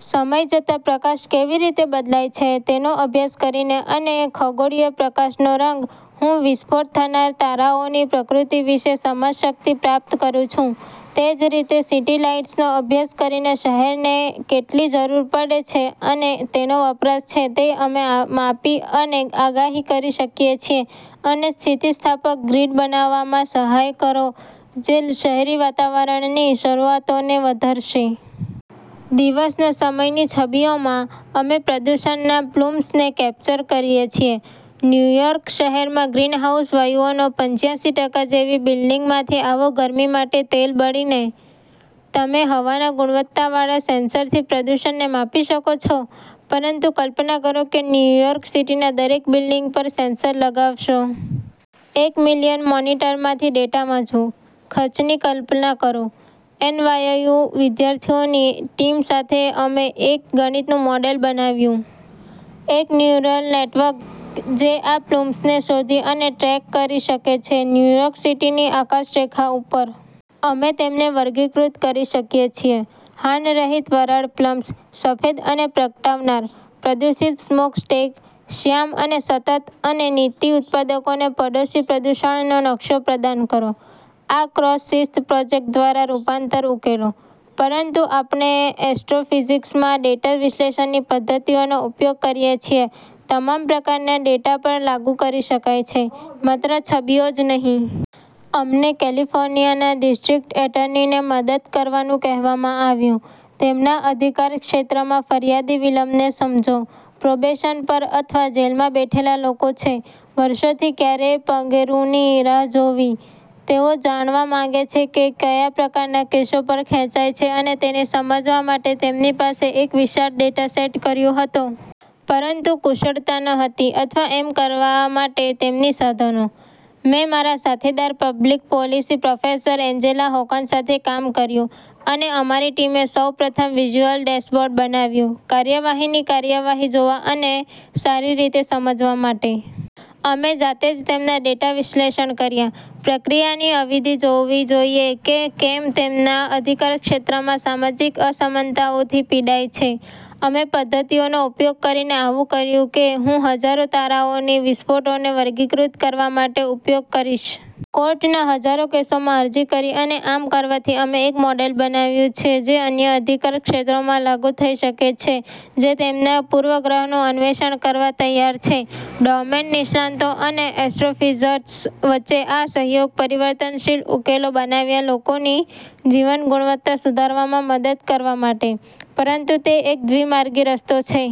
સમય જતાં પ્રકાશ કેવી રીતે બદલાય છે તેનો અભ્યાસ કરીને અને ખગોળીય પ્રકાશનો રંગ, હું વિસ્ફોટ થનારા તારાઓની પ્રકૃતિ વિશે સમજશક્તિ પ્રાપ્ત કરું છું. તે જ રીતે સિટી લાઇટ્સનો અભ્યાસ કરીને શહેરને કેટલી જરૂર પડે છે અને તેનો વપરાશ છે તે અમે માપી અને આગાહી કરી શકીએ છીએ અને સ્થિતિસ્થાપક ગ્રીડ બનાવવામાં સહાય કરો જે શહેરી વાતાવરણની જરૂરિયાતોને વધારશે. દિવસના સમયની છબીઓમાં અમે પ્રદૂષણના પ્લુમ્સને કેપ્ચર કરીએ છીએ. ન્યુ યોર્ક શહેરમાં ગ્રીનહાઉસ વાયુઓનો પંચ્યાશી ટકા જેવી બિલ્ડિંગમાંથી આવો ગરમી માટે તેલ બળીને. તમે હવાના ગુણવત્તાવાળા સેન્સરથી પ્રદૂષણને માપી શકો છો. પરંતુ કલ્પના કરો કે ન્યૂ યોર્ક સિટીના દરેક બિલ્ડિંગ પર સેન્સર લગાવશો. એક મિલિયન મોનિટરમાંથી ડેટા વાંચવું. ખર્ચની કલ્પના કરો. એનવાયયુ વિદ્યાર્થીઓની ટીમ સાથે અમે એક ગણિતનું મોડેલ બનાવ્યું. એક ન્યુરલ નેટવર્ક જે આ પ્લુમ્સને શોધી અને ટ્રેક કરી શકે છે ન્યૂ યોર્ક સિટીની આકાશરેખા ઉપર. અમે તેમને વર્ગીકૃત કરી શકીએ છીએ. હાનરહિત વરાળ પ્લમ્સ, સફેદ અને પ્રગટાવનાર; પ્રદૂષિત સ્મોકસ્ટેક, શ્યામ અને સતત અને નીતિ ઉત્પાદકોને પડોશી પ્રદૂષણનો નકશો પ્રદાન કરો. આ ક્રોસ-શિસ્ત પ્રોજેક્ટ દ્વારા રૂપાંતર ઉકેલો. પરંતુ આપણે એસ્ટ્રોફિઝિક્સમાં ડેટા વિશ્લેષણની પદ્ધતિઓનો ઉપયોગ કરીએ છીએ તમામ પ્રકારના ડેટા પર લાગુ કરી શકાય છે, માત્ર છબીઓ જ નહીં. અમને કેલિફોર્નિયાના ડિસ્ટ્રિક્ટ એટર્નીને મદદ કરવાનું કહેવામાં આવ્યું. તેમના અધિકારક્ષેત્રમાં ફરિયાદી વિલંબને સમજો. પ્રોબેશન પર અથવા જેલમાં બેઠેલા લોકો છે, વર્ષોથી ક્યારેક પગેરુંની રાહ જોવી. તેઓ જાણવા માગે છે કે કયા પ્રકારનાં કેસો પર ખેંચાય છે અને તેને સમજવા માટે તેમની પાસે એક વિશાળ ડેટા સેટ કર્યો હતો. પરંતુ કુશળતા ન હતી અથવા એમ કરવા માટે તેમની સાધનો. મેં મારા સાથીદાર public policy professor Angela Hawken સાથે કામ કર્યું, અને અમારી ટીમે સૌ પ્રથમ વિઝ્યુઅલ ડેશબોર્ડ બનાવ્યું કાર્યવાહીની કાર્યવાહી જોવા અને સારી રીતે સમજવા માટે. અમે જાતે જ તેમના ડેટા વિશ્લેષણ કર્યા. પ્રક્રિયાની અવધિ જોવી જોઈએ કે કેમ તેમના અધિકારક્ષેત્રમાં સામાજિક અસમાનતાઓથી પીડાય છે. અમે પદ્ધતિઓનો ઉપયોગ કરીને આવું કર્યું કે હું હજારો તારાઓની વિસ્ફોટોને વર્ગીકૃત કરવા માટે ઉપયોગ કરીશ. કોર્ટના હજારો કેસોમાં અરજી કરી અને આમ કરવાથી અમે એક મોડેલ બનાવ્યું છે જે અન્ય અધિકારક્ષેત્રોમાં લાગુ થઈ શકે છે જે તેમના પૂર્વગ્રહનું અન્વેષણ કરવા તૈયાર છે. ડોમેન નિષ્ણાતો અને એસ્ટ્રોફિઝિસ્ટ્સ વચ્ચે આ સહયોગ પરિવર્તનશીલ ઉકેલો બનાવ્યાં લોકોની જીવન ગુણવત્તા સુધારવામાં મદદ કરવા માટે. પરંતુ તે એક દ્વિમાર્ગી રસ્તો છે.